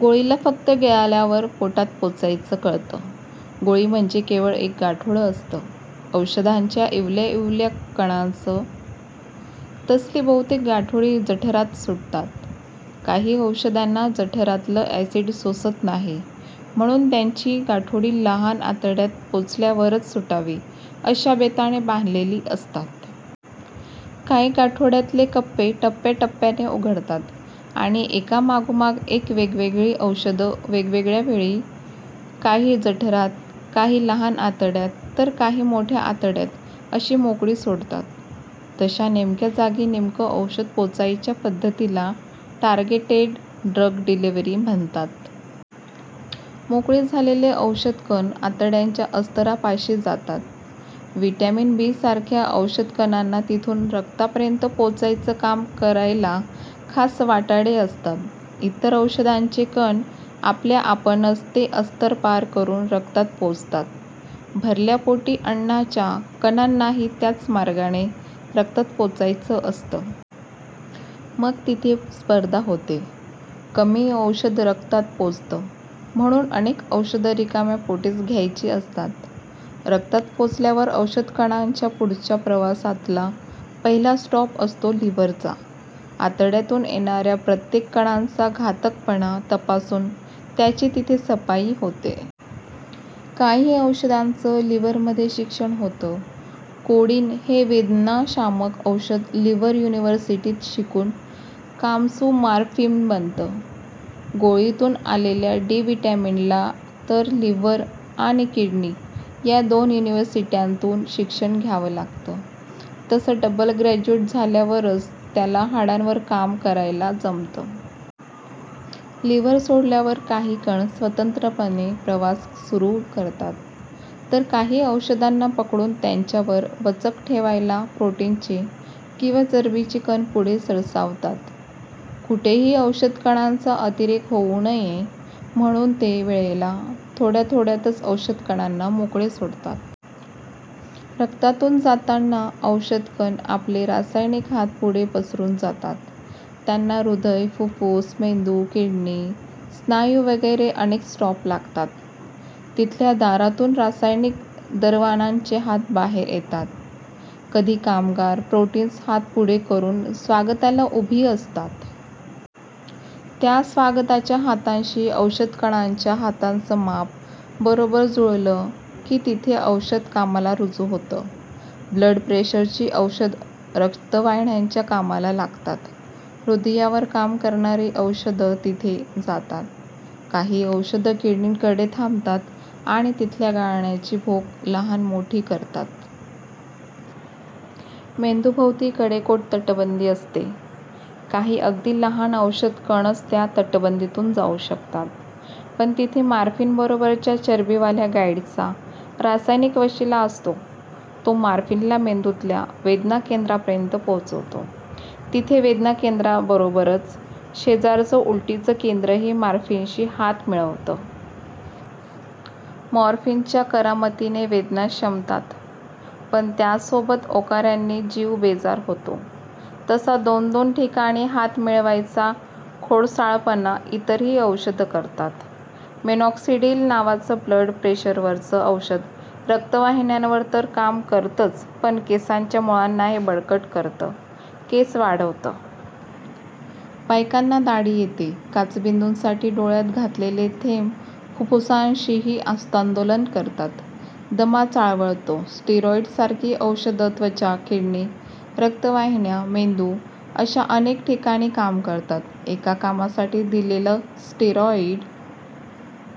गोळीला फक्त गिळल्यावर पोटात पोचायचं कळतं. गोळी म्हणजे केवळ एक गाठोडं असतं, औषधाच्या इवल्याइवल्या कणांचं. तसली बहुतेक गाठोडी जठरात सुटतात. काही औषधांना जठरातलं ॲसिड सोसत नाही. म्हणून त्यांची गाठोडी लहान आतड्यात पोचल्यावरच सुटावी अशा बेताने बांधलेली असतात. काही गाठोड्यांतले कप्पे टप्प्याटप्प्याने उघडतात आणि एकामागोमाग एक वेगवेगळी औषधं वेगवेगळ्या वेळी, काही जठरात, काही लहान आतड्यात तर काही मोठ्या आतड्यात अशी मोकळी सोडतात. तशा नेमक्या जागी नेमकं औषध पोचवायच्या पद्धतीला 'टार्गेटेड ड्रग डिलिव्हरी' म्हणतात. मोकळे झालेले औषधकण आतड्याच्या अस्तरापाशी जातात. व्हिटॅमिन बीसारख्या औषधकणांना तिथून रक्तापर्यंत पोचवायचं काम करायला खास वाटाडे असतात. इतर औषधांचे कण आपल्याआपणच ते अस्तर पार करून रक्तात पोचतात. भरल्या पोटी अन्नाच्या कणांनाही त्याच मार्गाने रक्तात पोचायचं असतं. मग तिथे स्पर्धा होते. कमी औषध रक्तात पोचतं. म्हणून अनेक औषधं रिकाम्या पोटीच घ्यायची असतात. रक्तात पोचल्यावर औषधकणांच्या पुढच्या प्रवासातला पहिला स्टॉप असतो लिव्हरचा. आतड्यातून येणाऱ्या प्रत्येक कणाचा घातकपणा तपासून त्याची तिथे सफाई होते. काही औषधांचं लिव्हरमध्ये शिक्षण होतं. कोडीन हे वेदनाशामक औषध लिव्हर युनिव्हर्सिटीत शिकून कामसू मॉर्फीन बनतं. गोळीतून आलेल्या डी व्हिटॅमिनला तर लिव्हर आणि किडनी या दोन युनिव्हर्सिट्यांतून शिक्षण घ्यावं लागतं. तसं डबल ग्रॅज्युएट झाल्यावरच त्याला हाडांवर काम करायला जमतं. लिव्हर सोडल्यावर काही कण स्वतंत्रपणे प्रवास सुरू करतात, तर काही औषधांना पकडून त्यांच्यावर वचक ठेवायला प्रोटीनचे किंवा चरबीचे कण पुढे सरसावतात. कुठेही औषधकणांचा अतिरेक होऊ नये म्हणून ते वेळेला थोड्याथोड्याच औषधकणांना मोकळे सोडतात. रक्तातून जाताना औषधकण आपले रासायनिक हात पुढे पसरून जातात. त्यांना हृदय, फुप्फुसं, मेंदू, किडनी, स्नायू वगैरे अनेक स्टॉप्स लागतात. तिथल्या दारांतून रासायनिक दरवानांचे हात बाहेर येतात. कधी कामगार-प्रोटीन्स हात पुढे करून स्वागताला उभी असतात. त्या स्वागताच्या हातांशी औषधकणांच्या हातांचं माप बरोब्बर जुळलं की तिथे औषध कामाला रुजू होतं. ब्लडप्रेशरची औषधं रक्तवाहिन्यांमध्ये कामाला लागतात. हृदयावर काम करणारी औषधं तिथे जातात. काही औषधं किडनीकडे थांबतात आणि तिथल्या गाळण्याची भोकं लहान-मोठी करतात. मेंदूभोवती कडेकोट तटबंदी असते. काही अगदी लहान औषधकणच त्या तटबंदीतून जाऊ शकतात. पण तिथे मॉर्फीनबरोबरच्या चरबीवाल्या गाइडचा रासायनिक वशिला लागतो. तो मॉर्फीनला मेंदूतल्या वेदनाकेंद्रापर्यंत पोचवतो. तिथे वेदनाकेंद्राबरोबरच शेजारचं उलटीचं केंद्रही मॉर्फीनशी हात मिळवतं. मॉर्फीनच्या करामतीने वेदना शमतात, पण त्याचसोबत ओकाऱ्यांनी जीव बेजार होतो. तसा दोन-दोन ठिकाणी हात मिळवायचा खोडसाळपणा इतरही औषधं करतात. मिनॉक्सिडिल नावाचं ब्लड प्रेशरवरचं औषध रक्तवाहिन्यांवर तर काम करतंच, पण केसांच्या मुळांनाही बळकट करतं, केस वाढवतं. बायकांना दाढी येते! काचबिंदूसाठी डोळ्यात घातलेले थेंब फुप्फुसांशीही हस्तांदोलन करतात, दमा चाळवतो. स्टीरॉइडसारखी औषधं त्वचा, किडनी, रक्तवाहिन्या, मेंदू अशा अनेक ठिकाणी काम करतात. एका कामासाठी दिलेलं स्टीरॉइड